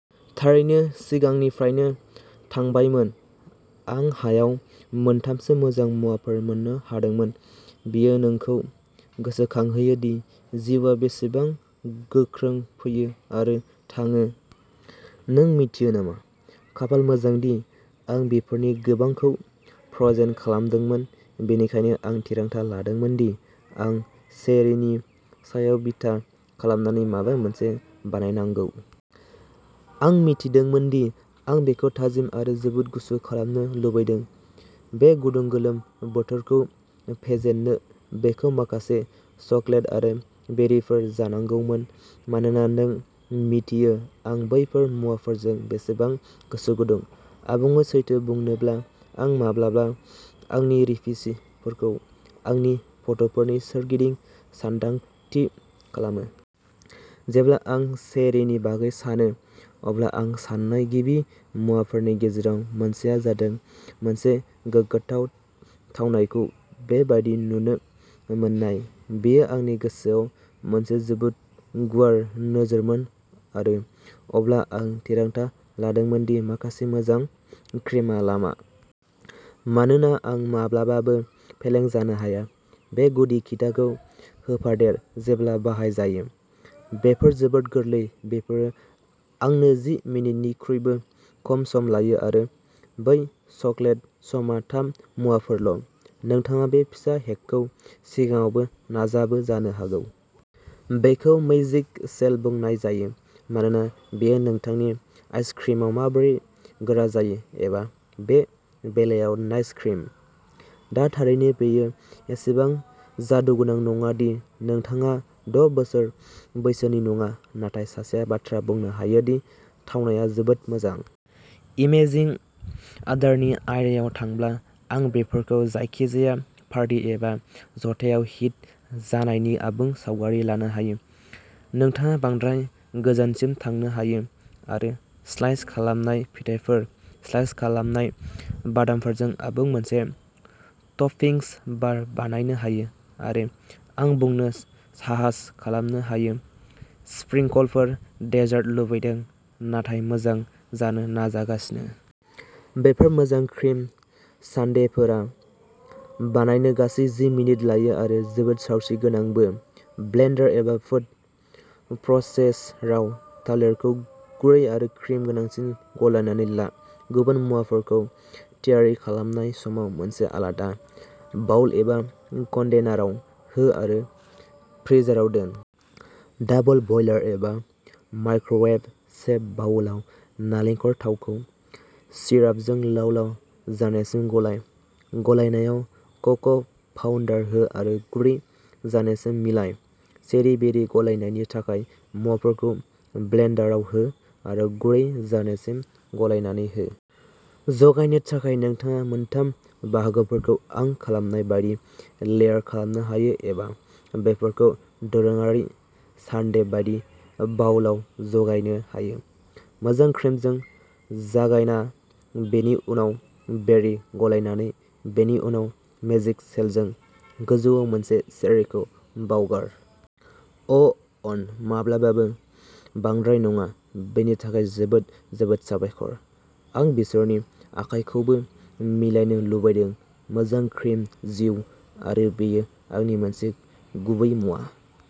थारैनो सिगांनिफ्रायनो थांबायमोन। आं हायाव मोनथामसो मोजां मुवाफोर मोननो हादोंमोन। बेयो नोंखौ गोसोखांहोयो दि जिउआ बेसेबां गोख्रों फैयो आरो थाङो, नों मिथियो नामा? खाफाल मोजां दि आं बेफोरनि गोबांखौ फ्र'जेन खालामदोंमोन, बेनिखायनो आं थिरांथा लादोंमोन दि आं चेरीनि सायाव बिथा खालामनानै माबा मोनसे बानायनांगौ। आं मिथिदोंमोन दि आं बेखौ थाजिम आरो जोबोद गुसु खालामनो लुबैदों, बे गुदुं गोलोम बोथोरखौ फेजेननो। बेखौ माखासे चकलेट आरो बेरिफोर जानांगौमोन मानोना नों मिन्थियो आं बैफोर मुवाफोरजों बेसेबां गोसो गुदुं। आबुङै सैथो बुंनोब्ला, आं माब्लाबा आंनि रेसिपिफोरखौ आंनि फट'फोरनि सोरगिदिं सानदांथि खालामो। जेब्ला आं चेरीनि बागै सानो, अब्ला आं सान्नाय गिबि मुवाफोरनि गेजेराव मोनसेआ जादों मोनसे गोग्गाथाव थावनायखौ बे बायदि नुनो मोन्नाय। बेयो आंनि गोसोआव मोनसे जोबोद गुवार नोजोरमोन आरो अब्ला आं थिरांथा लादोंमोन दि माखासे मोजां क्रिमआ लामा। मानोना आं माब्लाबाबो फेलें जानो हाया। बे गुदि खिथाखौ होफादेर, जेब्ला बाहायजायो, बेफोर जोबोद गोरलै बेफोरो आंनो जि मिनिटनिख्रुइबो खम सम लायो आरो बै चकलेट समा थाम-मुवाफोरल'। नोंथाङा बे फिसा हेकखौ सिगाङावबो नाजाबो जानो हागौ। बेखौ मैजिक शेल बुंनाय जायो मानोना बेयो नोंथांनि आइसक्रिमाव माबोरै गोरा जायो, एबा बे बेलायाव नाइस क्रिम। दा थारैनो बेयो एसेबां जादुगोनां नङा दि नोंथाङा द' बोसोर बैसोनि नङा, नाथाय सासेया बाथ्रा बुंनो हायो दि थावनाया जोबोद मोजां। इमेजिं आदारनि आयदायाव थांब्ला, आं बेफोरखौ जायखिजाया पार्टी एबा जथायाव हिट जानायनि आबुं सावगारि लानो हायो। नोंथाङा बांद्राय गोजानसिम थांनो हायो आरो स्लाइस खालामनाय फिथाइफोर, स्लाइस खालामनाय बादामफोरजों आबुं मोनसे टपिंस बार बानायनो हायो, आरो आं बुंनो साहास खालामनो हायो स्प्रिंकलफोर डेजार्ट लुबैदों, नाथाय मोजां जानो नाजागासिनो? बेफोर मोजां क्रिम सानडेफोरा बानायनो गासै जि मिनिट लायो आरो जोबोद सावस्रिगोनांबो। ब्लेन्डार एबा फुड प्रसेसराव, थालिरखौ गुरै आरो क्रिम गोनांसिम गलायनानै ला। गुबुन मुवाफोरखौ थियारि खालामनाय समाव मोनसे आलादा बाउल एबा कन्टेनाराव हो आरो फ्रिजाराव दोन। डाबल बयलार एबा माइक्र'वेभ सेफ बाउलआव, नालेंखर थावखौ सिरापजों लाव-लाव जानायसिम गलाइ। गलायनायाव क' क' पाउडार हो आरो गुरै जानायसिम मिलाइ चेरि बेरि गलायनायनि थाखाय, मुवाफोरखौ ब्लेन्डाराव हो आरो गुरै जानायसिम गलायनानै हो। जगायनो थाखाय नोंथाङा मोनथाम बाहागोफोरखौ आं खालामनाय बायदि लेयार खालामनो हायो एबा बेफोरखौ दोरोङारि सानडे बायदि बाउलआव जगायनो हायो, मोजां क्रिमजों जागायना, बेनि उनाव बेरि गलायनानै, बेनि उनाव मेजिक सेलजों। गोजौआव मोनसे चेरीखौ बावगार। अ' अन, माब्लाबाबो बांद्राय नङा। बेनि थाखाय जोबोद जोबोद साबायखर। आं बिसोरनि आखायखौबो मिलायनो लुबैदों मोजां क्रिम जिउ, आरो बेयो आंनि मोनसे गुबै मुवा।